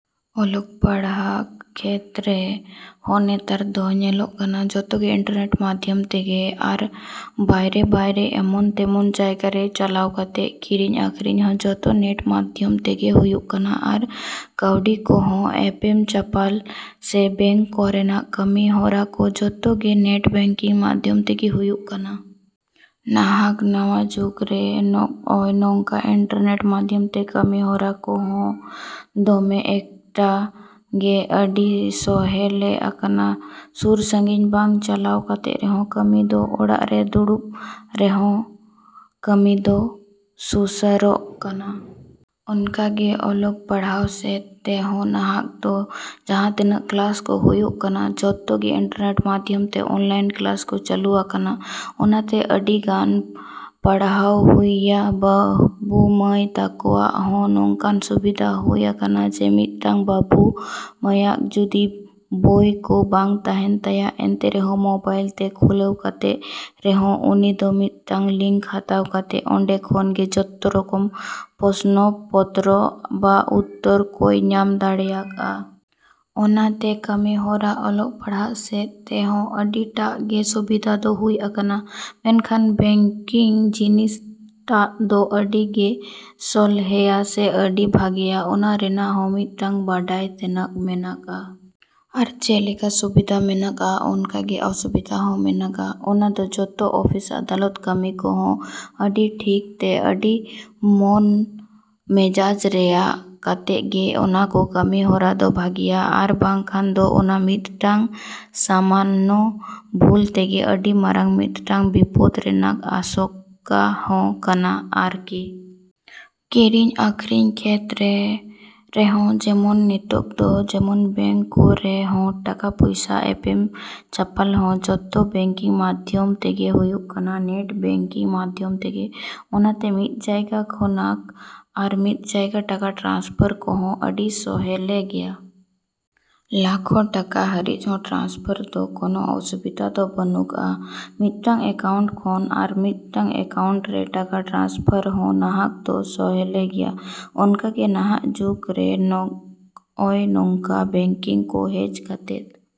ᱚᱞᱚᱜ ᱯᱟᱲᱦᱟᱜ ᱠᱷᱮᱛᱨᱮ ᱦᱚᱸ ᱱᱮᱛᱟᱨ ᱫᱚ ᱧᱮᱞᱚᱜ ᱠᱟᱱᱟ ᱡᱚᱛᱚ ᱜᱮ ᱤᱱᱴᱟᱨᱱᱮᱴ ᱢᱟᱫᱷᱚᱢ ᱛᱮᱜᱮ᱾ ᱟᱨ ᱵᱟᱭᱨᱮ-ᱵᱟᱭᱨᱮ ᱮᱢᱟᱱ ᱛᱮᱢᱟᱱ ᱡᱟᱭᱜᱟ ᱨᱮ ᱪᱟᱞᱟᱣ ᱠᱟᱛᱮ ᱠᱤᱨᱤᱧ ᱟᱠᱷᱨᱤᱧ ᱦᱚᱸ ᱡᱚᱛᱚ ᱱᱮᱴ ᱢᱟᱫᱷᱚᱢ ᱛᱮᱜᱮ ᱦᱩᱭᱩᱜ ᱠᱟᱱᱟ ᱟᱨ ᱠᱟᱹᱣᱰᱤ ᱠᱚᱦᱚᱸ ᱮᱯᱮᱢ ᱪᱟᱯᱟᱞ ᱥᱮ ᱵᱮᱝᱠ ᱠᱚᱨᱮᱱᱟᱜ ᱠᱟᱹᱢᱤ ᱦᱚᱨᱟ ᱦᱚᱸ ᱡᱚᱛᱚ ᱜᱮ ᱱᱮᱴ ᱵᱮᱝᱠᱤᱝ ᱢᱟᱫᱷᱚᱢ ᱛᱮᱜᱮ ᱦᱩᱭᱩᱜ ᱠᱟᱱᱟ᱾ ᱱᱟᱦᱟᱜ ᱱᱚᱣᱟ ᱡᱩᱜᱽ ᱨᱮ ᱱᱚᱜᱼᱚᱭ ᱱᱚᱝᱠᱟᱱ ᱤᱱᱴᱟᱨᱱᱮᱴ ᱢᱟᱫᱷᱚᱢ ᱛᱮ ᱠᱟᱹᱢᱤ ᱦᱚᱨᱟ ᱠᱚᱦᱚᱸ ᱫᱚᱢᱮ ᱮᱠᱴᱟ ᱜᱮ ᱟᱹᱰᱤ ᱥᱚᱦᱚᱞᱮ ᱟᱠᱟᱱᱟ᱾ ᱥᱩᱨ-ᱥᱟᱺᱜᱤᱧ ᱵᱟᱝ ᱪᱟᱞᱟᱣ ᱠᱟᱛᱮ ᱨᱮᱦᱚᱸ ᱠᱟᱹᱢᱤ ᱫᱚ ᱚᱲᱟᱜ ᱨᱮ ᱫᱩᱲᱩᱵ ᱨᱮᱦᱚᱸ ᱠᱟᱹᱢᱤ ᱫᱚ ᱥᱩᱥᱟᱹᱨᱚᱜ ᱠᱟᱱᱟ᱾ ᱚᱱᱠᱟ ᱜᱮ ᱚᱞᱚᱜ ᱯᱟᱲᱦᱟᱣ ᱥᱮᱫ ᱛᱮᱦᱚᱸ ᱱᱟᱦᱟᱜ ᱫᱚ ᱡᱟᱦᱟᱸ ᱛᱤᱱᱟᱹᱜ ᱠᱞᱟᱥ ᱠᱚᱦᱚᱸ ᱦᱩᱭᱩᱜ ᱠᱟᱱᱟ ᱡᱚᱛᱚ ᱤᱱᱴᱟᱨᱱᱮᱴ ᱢᱟᱫᱷᱚᱢ ᱛᱮᱜᱮ ᱚᱱᱞᱟᱭᱤᱱ ᱠᱞᱟᱥ ᱠᱚ ᱪᱟᱹᱞᱩ ᱟᱠᱟᱱᱟ᱾ ᱚᱱᱟ ᱛᱮ ᱟᱹᱰᱤ ᱜᱟᱱ ᱯᱟᱹᱴᱷᱩᱭᱟᱹ ᱵᱟᱹᱵᱩᱼᱢᱟᱹᱭ ᱛᱟᱠᱚᱣᱟᱜ ᱦᱚᱸ ᱱᱚᱝᱠᱟᱱ ᱥᱩᱵᱤᱫᱟ ᱦᱩᱭ ᱟᱠᱟᱱᱟ ᱡᱮ ᱢᱤᱫᱴᱟᱹᱝ ᱵᱟᱹᱵᱩᱼᱢᱟᱹᱭᱟᱜ ᱡᱩᱫᱤ ᱵᱚᱭ ᱠᱚ ᱵᱟᱝ ᱛᱟᱦᱮᱱ ᱛᱟᱭᱟ ᱮᱱᱛᱮ ᱨᱮᱦᱚᱸ ᱢᱚᱵᱟᱭᱤᱞ ᱛᱮ ᱠᱷᱩᱞᱟᱹᱣ ᱠᱟᱛᱮ ᱨᱮᱦᱚᱸ ᱩᱱᱤ ᱫᱚ ᱢᱤᱫᱴᱟᱝ ᱞᱤᱝᱠ ᱦᱟᱛᱟᱣ ᱠᱟᱛᱮ ᱚᱸᱰᱮ ᱠᱷᱚᱱ ᱜᱮ ᱡᱚᱛᱚ ᱨᱚᱠᱚᱢ ᱯᱚᱥᱱᱚ ᱯᱚᱛᱨᱚ ᱵᱟ ᱩᱛᱛᱚᱨ ᱠᱚᱭ ᱧᱟᱢ ᱫᱟᱲᱮᱭᱟᱜᱼᱟ᱾ ᱚᱱᱟ ᱛᱮ ᱠᱟᱹᱢᱤ ᱦᱚᱨᱟ ᱚᱞᱚᱜ ᱯᱟᱲᱦᱟᱣ ᱥᱮᱫ ᱛᱮᱦᱚᱸ ᱟᱹᱰᱤ ᱴᱟᱜ ᱜᱮ ᱥᱩᱵᱤᱫᱟ ᱫᱚ ᱦᱩᱭ ᱟᱠᱟᱱᱟ᱾ ᱢᱮᱱᱠᱷᱟᱱ ᱵᱮᱝᱠᱤᱝ ᱡᱤᱱᱤᱥ ᱴᱟᱜ ᱫᱚ ᱟᱹᱰᱤ ᱜᱮ ᱥᱚᱞᱦᱮᱭᱟ ᱥᱮ ᱟᱹᱰᱤ ᱵᱷᱟᱹᱜᱤᱭᱟ᱾ ᱚᱱᱟ ᱨᱮᱱᱟᱜ ᱦᱚᱸ ᱢᱤᱫᱴᱟᱹᱝ ᱵᱟᱲᱟᱭ ᱛᱮᱱᱟᱜ ᱢᱮᱱᱟᱜᱼᱟ᱾ ᱟᱨ ᱡᱮᱞᱮᱠᱟ ᱥᱩᱵᱤᱫᱟ ᱢᱮᱱᱟᱜᱼᱟ ᱚᱱᱠᱟ ᱜᱮ ᱚᱥᱩᱵᱤᱫᱟ ᱦᱚᱸ ᱢᱮᱱᱟᱜᱼᱟ᱾ ᱚᱱᱟ ᱫᱚ ᱡᱚᱛᱚ ᱚᱯᱷᱤᱥ, ᱟᱫᱟᱞᱚᱛ ᱠᱟᱹᱢᱤ ᱠᱚᱦᱚᱸ ᱟᱹᱰᱤ ᱴᱷᱤᱠ ᱛᱮ, ᱟᱹᱰᱤ ᱢᱚᱱ ᱢᱮᱡᱟᱡᱽ ᱨᱮᱭᱟᱲ ᱠᱟᱛᱮ ᱜᱮ ᱚᱱᱟ ᱠᱚ ᱠᱟᱹᱢᱤ ᱦᱚᱨᱟ ᱫᱚ ᱵᱷᱟᱹᱜᱤᱭᱟ ᱟᱨ ᱵᱟᱝᱠᱷᱟᱱ ᱫᱚ ᱚᱱᱟ ᱢᱤᱫᱴᱟᱝ ᱥᱟᱢᱟᱱᱱᱚ ᱵᱷᱩᱞ ᱛᱮᱜᱮ ᱟᱹᱰᱤ ᱢᱟᱨᱟᱝ ᱢᱤᱫᱴᱟᱝ ᱵᱤᱯᱚᱫ ᱨᱮᱱᱟᱜ ᱟᱥᱚᱝᱠᱟ ᱦᱚᱸ ᱠᱟᱱᱟ ᱟᱨᱠᱤ᱾ ᱠᱤᱨᱤᱧ ᱟᱠᱷᱨᱤᱧ ᱠᱷᱮᱛᱨᱮ ᱨᱮᱦᱚᱸ ᱡᱮᱢᱚᱱ ᱱᱤᱛᱚᱜ ᱫᱚ ᱡᱮᱢᱚᱱ ᱵᱮᱝᱠ ᱠᱚᱨᱮ ᱦᱚᱸ ᱴᱟᱠᱟ ᱯᱩᱭᱥᱟᱹ ᱮᱯᱮᱢ ᱪᱟᱯᱟᱞ ᱦᱚᱸ ᱡᱚᱛᱚ ᱵᱮᱝᱠᱤᱝ ᱢᱟᱫᱷᱚᱢ ᱛᱮᱜᱮ ᱦᱩᱭᱩᱜ ᱠᱟᱱᱟ, ᱱᱮᱴ ᱵᱮᱝᱠᱤᱝ ᱢᱟᱫᱷᱚᱢ ᱛᱮᱜᱮ᱾ ᱚᱱᱟ ᱛᱮ ᱢᱤᱫ ᱡᱟᱭᱜᱟ ᱠᱷᱚᱱᱟᱜ ᱟᱨ ᱢᱤᱫ ᱡᱟᱭᱜᱟ ᱴᱟᱠᱟ ᱴᱨᱟᱱᱥᱯᱟᱨ ᱠᱚᱦᱚᱸ ᱟᱹᱰᱤ ᱥᱚᱦᱚᱞᱮ ᱜᱮᱭᱟ᱾ ᱞᱟᱠᱷᱚ ᱴᱟᱠᱟ ᱦᱟᱹᱨᱤᱡ ᱦᱚᱸ ᱴᱨᱟᱱᱥᱯᱟᱨ ᱫᱚ ᱠᱚᱱᱚ ᱚᱥᱩᱵᱤᱫᱟ ᱫᱚ ᱵᱟᱹᱱᱩᱜᱼᱟ ᱾ ᱢᱤᱫᱴᱟᱹᱝ ᱮᱠᱟᱩᱱᱴ ᱠᱷᱚᱱᱟᱜ ᱟᱨ ᱢᱤᱫᱴᱟᱝ ᱮᱠᱟᱩᱱᱴ ᱨᱮ ᱴᱟᱠᱟ ᱴᱨᱟᱱᱥᱯᱟᱨ ᱦᱚᱸ ᱱᱟᱦᱟᱜ ᱫᱚ ᱥᱚᱦᱚᱞᱮ ᱜᱮᱭᱟ᱾ ᱚᱱᱠᱟ ᱜᱮ ᱱᱟᱦᱟᱜ ᱡᱩᱜᱽ ᱨᱮ ᱱᱚᱜᱼᱚᱭ ᱱᱚᱝᱠᱟᱱ ᱵᱮᱝᱠᱤᱝ ᱠᱚ ᱦᱮᱡ ᱠᱟᱛᱮ